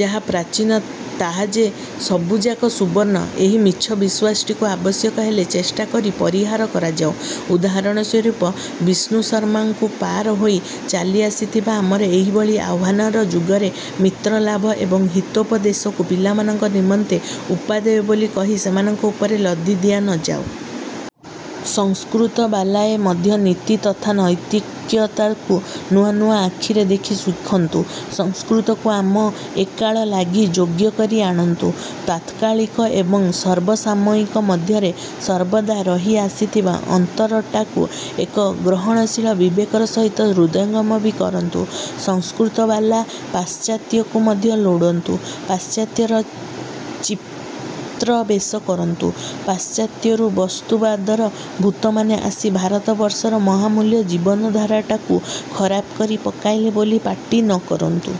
ଯାହା ପ୍ରାଚୀନ ତାହା ଯେ ସବୁଯାକ ସୁବର୍ଣ୍ଣ, ଏହି ମିଛ ବିଶ୍ଵାସଟିକୁ ଆବଶ୍ୟକ ହେଲେ ଚେଷ୍ଟା କରି ପରିହାର କରାଯାଉ। ଉଦାହରଣ ସ୍ଵରୂପ ବିଷ୍ଣୁଶର୍ମାଙ୍କୁ ପାର ହୋଇ ଚାଲି ଆସିଥିବା ଆମର ଏହିଭଳି ଆହ୍ୱାନର ଯୁଗରେ ମିତ୍ର ଲାଭ ଏବଂ ହିତୋପଦେଶକୁ ପିଲାମାନଙ୍କ ନିମନ୍ତେ ଉପାଦେୟ ବୋଲି କହି ସେମାନଙ୍କ ଉପରେ ଲଦି ଦିଆନଯାଉ। ସଂସ୍କୃତବାଲାଏ ମଧ୍ୟ ନୀତି ତଥା ନୈତିକତାକୁ ନୂଆ ନୂଆ ଆଖିରେ ଦେଖି ଶିଖନ୍ତୁ। ସଂସ୍କୃତକୁ ଆମ ଏକାଳ ଲାଗି ଯୋଗ୍ୟ କରି ଆଣନ୍ତୁ। ତାତ୍କାଳିକ ଏବଂ ସର୍ବସାମୟିକ ମଧ୍ୟରେ ସର୍ବଦା ରହି ଆସିଥିବା ଅନ୍ତରଟାକୁ ଏକ ଗ୍ରହଣଶୀଳ ବିବେକର ସହିତ ହୃଦୟଙ୍ଗମ ବି କରନ୍ତୁ। ସଂସ୍କୃତବାଲା ପାଶ୍ଚାତ୍ୟକୁ ମଧ୍ୟ ଲୋଡ଼ନ୍ତୁ, ପାଶ୍ଚାତ୍ୟର ଚିତ୍ପ୍ରବେଶ କରନ୍ତୁ, ପାଶ୍ଚାତ୍ୟରୁ ବସ୍ତୁବାଦର ଭୂତମାନେ ଆସି ଭାରତବର୍ଷର ମହାମୂଲ୍ୟ ଜୀବନଧାରାଟାକୁ ଖରାପ କରି ପକାଇଲେ ବୋଲି ପାଟି ନକରନ୍ତୁ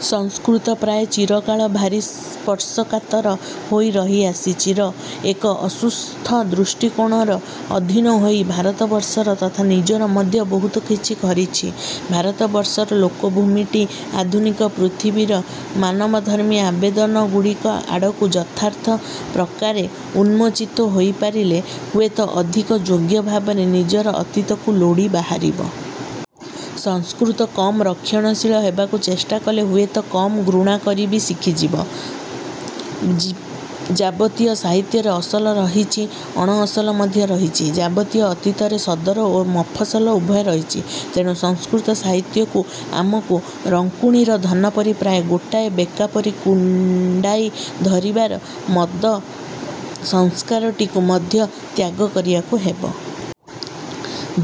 । ସଂସ୍କୃତ ପ୍ରାୟ ଚିରକାଳ ଭାରି ସ୍ପର୍ଶକାତର ହୋଇ ରହିଆସିଛି ର ଏକ ଅସୁସ୍ଥ ଦୃଷ୍ଟିକୋଣର ଅଧୀନ ହୋଇ ଭାରତବର୍ଷର ତଥା ନିଜର ମଧ୍ୟ ବହୁତ କ୍ଷତି କରିଛି। ଭାରତବର୍ଷର ଲୋକଭୂମିଟି ଆଧୁନିକ ପୃଥିବୀର ମାନବଧର୍ମୀ ଆବେଦନ ଗୁଡ଼ିକ ଆଡ଼କୁ ଯଥାର୍ଥ ପ୍ରକାରେ ଉନ୍ମୋଚିତ ହୋଇପାରିଲେ ହୁଏତ ଅଧିକ ଯୋଗ୍ୟ ଭାବରେ ନିଜର ଅତୀତକୁ ଲୋଡ଼ି ବାହାରିବ। ସଂସ୍କୃତ କମ୍ ରକ୍ଷଣଶୀଳ ହେବାକୁ ଚେଷ୍ଟା କଲେ ହୁଏତ କମ୍ ଘୃଣା କରି ବି ଶିଖିଯିବ। ଯାବତୀୟ ସାହିତ୍ୟରେ ଅସଲ ରହିଛି, ଅଣଅସଲ ମଧ୍ୟ ରହିଛି, ଯାବତୀୟ ଅତୀତରେ ସଦର ଓ ମଫସଲ ଉଭୟ ରହିଛି। ତେଣୁ ସଂସ୍କୃତ ସାହିତ୍ୟକୁ ଆମକୁ ରଙ୍କୁଣୀର ଧନ ପରି ପ୍ରାୟ ଗୋଟାଏ ବେକା ପରି କୁଣ୍ଡାଇ ଧରିବାର ମନ୍ଦ ସଂସ୍କାରଟିକୁ ମଧ୍ୟ ତ୍ୟାଗ କରିବାକୁ ହେବ।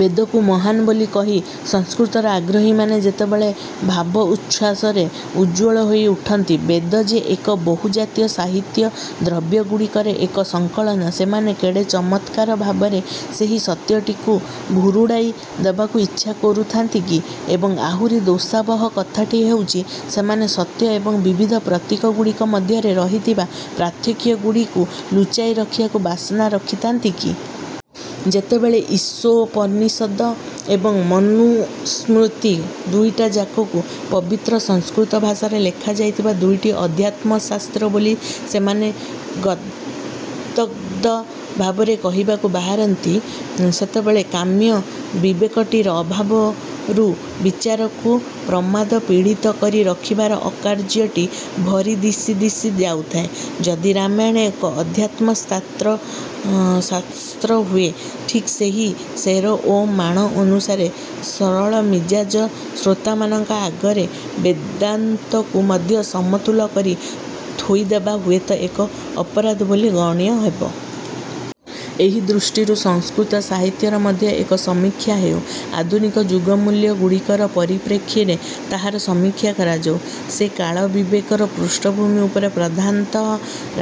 ବେଦକୁ ମହାନ୍ ବୋଲି କହି ସଂସ୍କୃତର ଆଗ୍ରହୀମାନେ ଯେତେବେଳେ ଭାବଉଚ୍ଛ୍ୱାସରେ ଉଜ୍ଜ୍ୱଳ ହୋଇ ଉଠନ୍ତି, ବେଦ ଯେ ଏକ ବହୁଜାତୀୟ ସାହିତ୍ୟ ଦ୍ରବ୍ୟଗୁଡ଼ିକର ଏକ ସଂକଳନ, ସେମାନେ କେଡ଼େ ଚମତ୍କାର ଭାବରେ ସେହି ସତ୍ୟଟିକୁ ଭୁରୁଡ଼ାଇ ଦେବାକୁ ଇଚ୍ଛା କରୁଥାନ୍ତି କି? ଏବଂ ଆହୁରି ଦୋଷାବହ କଥାଟି ହେଉଛି, ସେମାନେ ସତ୍ୟ ଏବଂ ବିବିଧ ପ୍ରତୀକଗୁଡ଼ିକ ମଧ୍ୟରେ ରହିଥିବା ପାର୍ଥକ୍ୟଗୁଡ଼ିକୁ ଲୁଚାଇ ରଖିବାକୁ ବାସନା ରଖିଥାନ୍ତି କି? ଯେତେବେଳେ ଈଶୋପନିଷଦ ଏବଂ ମନୁସ୍ମୃତି ଦୁଇଟାଯାକକୁ ପବିତ୍ର ସଂସ୍କୃତ ଭାଷାରେ ଲେଖା ଯାଇଥିବା ଦୁଇଟି ଅଧ୍ୟାତ୍ମଶାସ୍ତ୍ର ବୋଲି ସେମାନେ ଗଦ୍ଗଦ୍ ଭାବରେ କହିବାକୁ ବାହାରନ୍ତି, ସେତେବେଳେ କାମ୍ୟ ବିବେକଟିର ଅଭାବରୁ ବିଚାରକୁ ପ୍ରମାଦପୀଡ଼ିତ କରି ରଖିବାର ଅକାର୍ଯ୍ୟଟି ଭରି ଦିଶି ଦିଶି ଯାଉଥାଏ। ଯଦି ରାମାୟଣ ଏକ ଅଧ୍ୟାତ୍ମଶାସ୍ତ୍ର ହୁଏ, ଠିକ୍ ସେହି ସେର ଓ ମାଣ ଅନୁସାରେ ସରଳମିଜାଜ ଶ୍ରୋତାମାନଙ୍କ ଆଗରେ ବେଦାନ୍ତକୁ ମଧ୍ୟ ସମତୁଲ କରି ଥୋଇଦେବା ହୁଏତ ଏକ ଅପରାଧ ବୋଲି ଗଣ୍ୟ ହେବ। ଏହି ଦୃଷ୍ଟିରୁ ସଂସ୍କୃତ ସାହିତ୍ୟର ମଧ୍ୟ ଏକ ସମୀକ୍ଷା ହେଉ। ଆଧୁନିକ ଯୁଗ ମୂଲ୍ୟ ଗୁଡ଼ିକର ପରିପ୍ରେକ୍ଷୀରେ ତାହାର ସମୀକ୍ଷା କରାଯାଉ। ସେ କାଳ ବିବେକର ପୃଷ୍ଠଭୂମି ଉପରେ ପ୍ରଧାନତଃ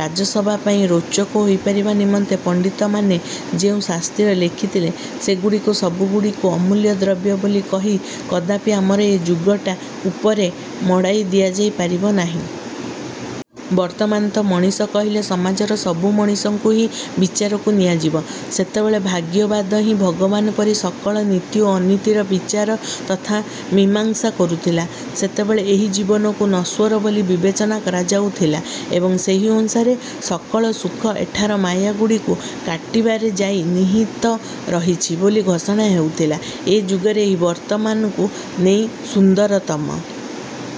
ରାଜସଭା ପାଇଁ ରୋଚକ ହୋଇପାରିବା ନିମନ୍ତେ ପଣ୍ଡିତମାନେ ଯେଉଁ ଶାସ୍ତ୍ର ଲେଖିଥଲେ, ସେଗୁଡ଼ିକୁ ସବୁଗୁଡ଼ିକୁ ଅମୂଲ୍ୟ ଦ୍ରବ୍ୟ ବୋଲି କହି କଦାପି ଆମର ଏ ଯୁଗଟା ଉପରେ ମଡ଼ାଇ ଦିଆଯାଇ ପାରିବ ନାହିଁ। ବର୍ତ୍ତମାନ ତ ମଣିଷ କହିଲେ ସମାଜର ସବୁ ମଣିଷଙ୍କୁ ହିଁ ବିଚାରକୁ ନିଆଯିବ। ସେତେବେଳେ ଭାଗ୍ୟବାଦ ହିଁ ଭଗବାନ ପରି ସକଳ ନୀତି ଓ ଅନୀତିର ବିଚାର ତଥା ମୀମାଂସା କରୁଥିଲା। ସେତେବେଳେ ଏହି ଜୀବନକୁ ନଶ୍ୱର ବୋଲି ବିବେଚନା କରାଯାଉଥିଲା ଏବଂ ସେହି ଅନୁସାରେ ସକଳ ସୁଖ ଏଠାର ମାୟାଗୁଡ଼ିକୁ କାଟିବାରେ ଯାଇ ନିହିତ ରହିଛି ବୋଲି ଘୋଷଣା ହେଉଥିଲା। ଏ ଯୁଗରେ, ଏହି ବର୍ତ୍ତମାନକୁ ନେଇ ସୁନ୍ଦରତମ